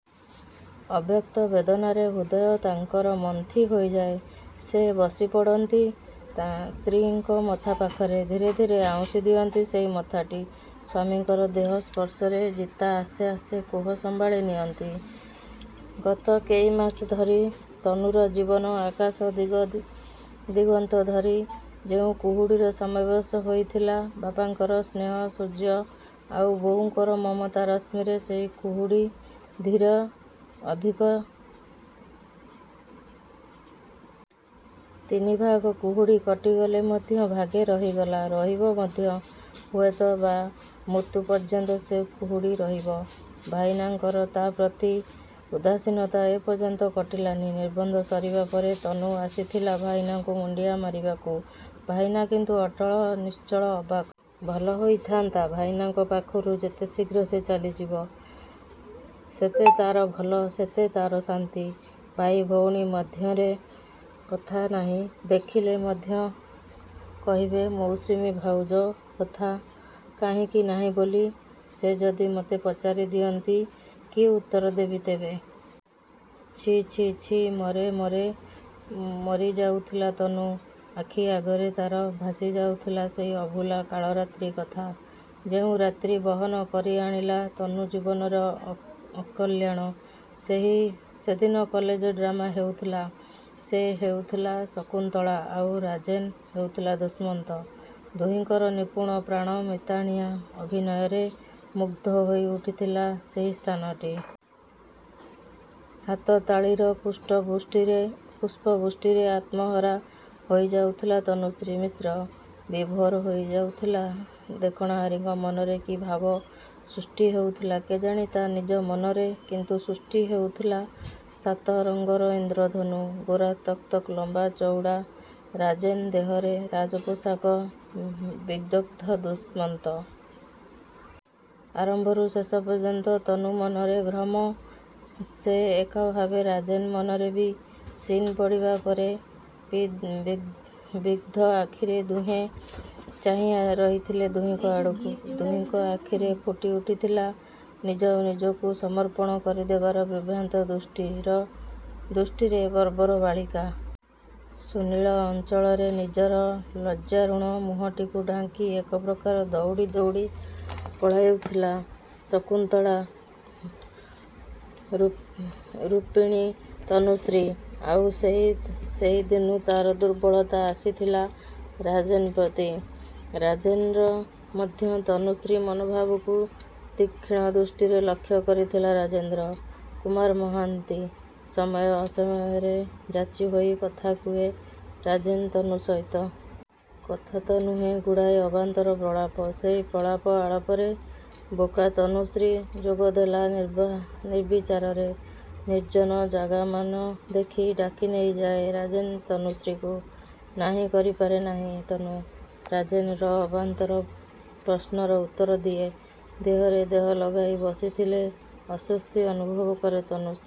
ଅବ୍ୟକ୍ତ ବେଦନାରେ ହୃଦୟ ତାଙ୍କର ମନ୍ଥି ହୋଇଯାଏ। ସେ ବସିପଡ଼ନ୍ତି ତା ସ୍ତ୍ରୀଙ୍କ ମଥା ପାଖରେ। ଧୀରେ ଧୀରେ ଆଉଁସି ଦିଅନ୍ତି ସେଇ ମଥାଟି। ସ୍ୱାମୀଙ୍କର ସ୍ନେହ ସ୍ପର୍ଶରେ ଜିତା ଆସ୍ତେ ଆସ୍ତେ କୋହ ସମ୍ଭାଳି ନିଅନ୍ତି। ଗତ କେଇମାସ ଧରି ତନୁର ଜୀବନ ଆକାଶରେ ଦିଗ ଦିଗନ୍ତ ଧରି ଯେଉଁ କୁହୁଡ଼ିର ସମାବେଶ ହୋଇଥିଲା ବାପାଙ୍କର ସ୍ନେହ ସୂର୍ଯ୍ୟ, ଆଉ ବୋଉଙ୍କର ମମତା ରଶ୍ମିରେ ସେଇ କୁହୁଡ଼ି ଧୀର ଅଧିକ ତିନିଭାଗ କୁହୁଡ଼ି କଟିଗଲେ ମଧ୍ୟ ଭାଗେ ରହିଗଲା। ରହିବ ମଧ୍ୟ। ହୁଏତ ବା, ମୃତ୍ୟୁ ପର୍ଯ୍ୟନ୍ତ ସେ କୁହୁଡ଼ି ରହିବ। ଭାଇନାଙ୍କର ତା' ପ୍ରତି ଉଦାସୀନତା ଏପର୍ଯ୍ୟନ୍ତ କଟିଲାନି। ନିର୍ବନ୍ଧ ସରିବା ପରେ ତନୁ ଆସିଥିଲା ଭାଇନାଙ୍କୁ ମୁଣ୍ଡିଆ ମାରିବାକୁ। ଭାଇନା କିନ୍ତୁ ଅଟଳ, ନିଶ୍ଚଳ, ଅବାକ। ଭଲ ହୋଇଥାଆନ୍ତା ଭାଇନାଙ୍କ ପାଖରୁ ଯେତେଶୀଘ୍ର ସେ ଚାଲିଯିବ ସେତେ ତା'ର ଭଲ ସେତେ ତା'ର ଶାନ୍ତି। ଭାଇଭଉଣୀଙ୍କ ମଧ୍ୟରେ କଥା ନାହିଁ ଦେଖିଲେ ମଧ୍ୟ କହିବେ ମୌସୁମୀ ଭାଉଜ। କଥା କାହିଁକି ନାହିଁ ବୋଲି ସେ ଯଦି ମତେ ପଚାରିଦିଅନ୍ତି, କି ଉତ୍ତର ଦେବି ତେବେ? ଛି, ଛି, ଛି। ମରେ ମରେ ମରିଯାଉଥିଲା ତନୁ। ଆଖିଆଗରେ ତା'ର ଭାସିଯାଉଥିଲା ସେଇ ଅଭୁଲା କାଳରାତ୍ରି କଥା। ଯେଉଁ ରାତ୍ରୀ ବହନ କରିଆଣିଲା ତନୁ ଜୀବନରେ ଅକ୍ ଅକଲ୍ୟାଣ। ସେହି ସେଦିନ କଲେଜ ଡ୍ରାମା ହେଉଥିଲା। ସେ ହୋଇଥିଲା ଶକୁନ୍ତଳା, ଆଉ ରାଜେନ୍ ହୋଇଥିଲା ଦୁଷ୍ମନ୍ତ। ଦୁହିଁଙ୍କର ନିପୁଣ ପ୍ରାଣ ମିତାଣିଆ ଅଭିନୟରେ ମୁଗ୍ଧ ହୋଇଉଠିଥିଲା ସେଇ ସ୍ଥାନଟି। ହାତ ତାଳିର ପୁଷ୍ଟ ବୁଷ୍ଟିରେ ପୁଷ୍ପ ବୃଷ୍ଟିରେ ଆତ୍ମହରା ହୋଇଯାଉଥିଲା ତନୁଶ୍ରୀ ମିଶ୍ର, ବିଭୋର ହୋଇଯାଇଥିଲା। ଦେଖଣାହାରୀଙ୍କ ମନରେ କି ଭାବ ସୃଷ୍ଟି ହୋଇଥିଲା କେଜାଣି ତା' ନିଜ ମନରେ କିନ୍ତୁ ସୃଷ୍ଟି ହୋଇଥିଲା ସାତରଙ୍ଗର ଇନ୍ଦ୍ରଧନୁ। ଗୋରା ତକ୍ ତକ୍ ଲମ୍ୱା ଚଉଡ଼ା ରାଜେନ୍ ଦେହରେ ରାଜପୋଷାକ ବିଦଗ୍ଧ ଦୁଷ୍ମନ୍ତ। ଆରମ୍ଭରୁ ଶେଷ ପର୍ଯ୍ୟନ୍ତ ତନୁ ମନରେ ଭ୍ରମ। ସେଇ ଏକାଭାବ ରାଜେନ୍ ମନରେ ବି। ସିନ୍ ପଡ଼ିବା ପରେ ବି ବିଗ୍ଧ ଆଖିରେ ଦୁହେଁ ଚାହିଁ ରହିଥିଲେ ଦୁହିଁଙ୍କ ଆଡ଼କୁ। ଦୁହିଁଙ୍କ ଆଖିରେ ଫୁଟିଉଠିଥିଲା ନିଜ ନିଜକୁ ସମର୍ପଣ କରିଦେବାର ବିଭ୍ରାନ୍ତ ଦୃଷ୍ଟିର ଦୃଷ୍ଟିରେ ବର୍ବର ବାଳିକା! ସୁନୀଳ ଅଞ୍ଚଳରେ ନିଜର ଲଜ୍ଜାରୁଣ ମୁହଁଟିକୁ ଢାଙ୍କି ଏକପ୍ରକାର ଦଉଡ଼ି ଦଉଡ଼ି ପଳାଇଥିଲା ଶକୁନ୍ତଳା ରୁପିଣୀ ତନୁଶ୍ରୀ। ଆଉ ସେଇଦିନୁଁ ତା'ର ଦୁର୍ବଳତା ଆସିଥିଲା ରାଜେନ୍ ପ୍ରତି। ରାଜେନ୍ ର ମଧ୍ୟ। ତନୁଶ୍ରୀ ମନଭାବକୁ ତୀକ୍ଷ୍ଣ ଦୃଷ୍ଟିରେ ଲକ୍ଷ୍ୟ କରିଥିଲା ରାଜେନ୍ଦ୍ର କୁମାର ମହାନ୍ତି। ସମୟ ଅସମୟରେ ଯାଚିହୋଇ କଥା କୁହେ ରାଜେନ୍ ତନୁ ସହିତ। କଥା ତ ନୁହେଁ ଗୁଡ଼ାଏ ଅବାନ୍ତର ପ୍ରଳାପ। ସେଇ ପ୍ରଳାପ ଆଳାପରେ ବୋକା ତନୁଶ୍ରୀ ଯୋଗଦେଲା ନିର୍ବିଚାରରେ। ନିର୍ଜନ ଜାଗାମାନ ଦେଖି ଡାକିନେଇଯାଏ ରାଜେନ୍ ତନୁଶ୍ରୀକୁ। ନାହିଁ କରିପାରେନାହିଁ ତନୁ। ରାଜେନ୍ ର ଅବାନ୍ତର ପ୍ରଶ୍ନର ଉତ୍ତର ଦିଏ। ଦେହରେ ଦେହ ଲଗାଇ ବସିଗଲେ ଅସ୍ୱସ୍ତି ଅନୁଭବ କରେ ତନୁଶ୍ରୀ।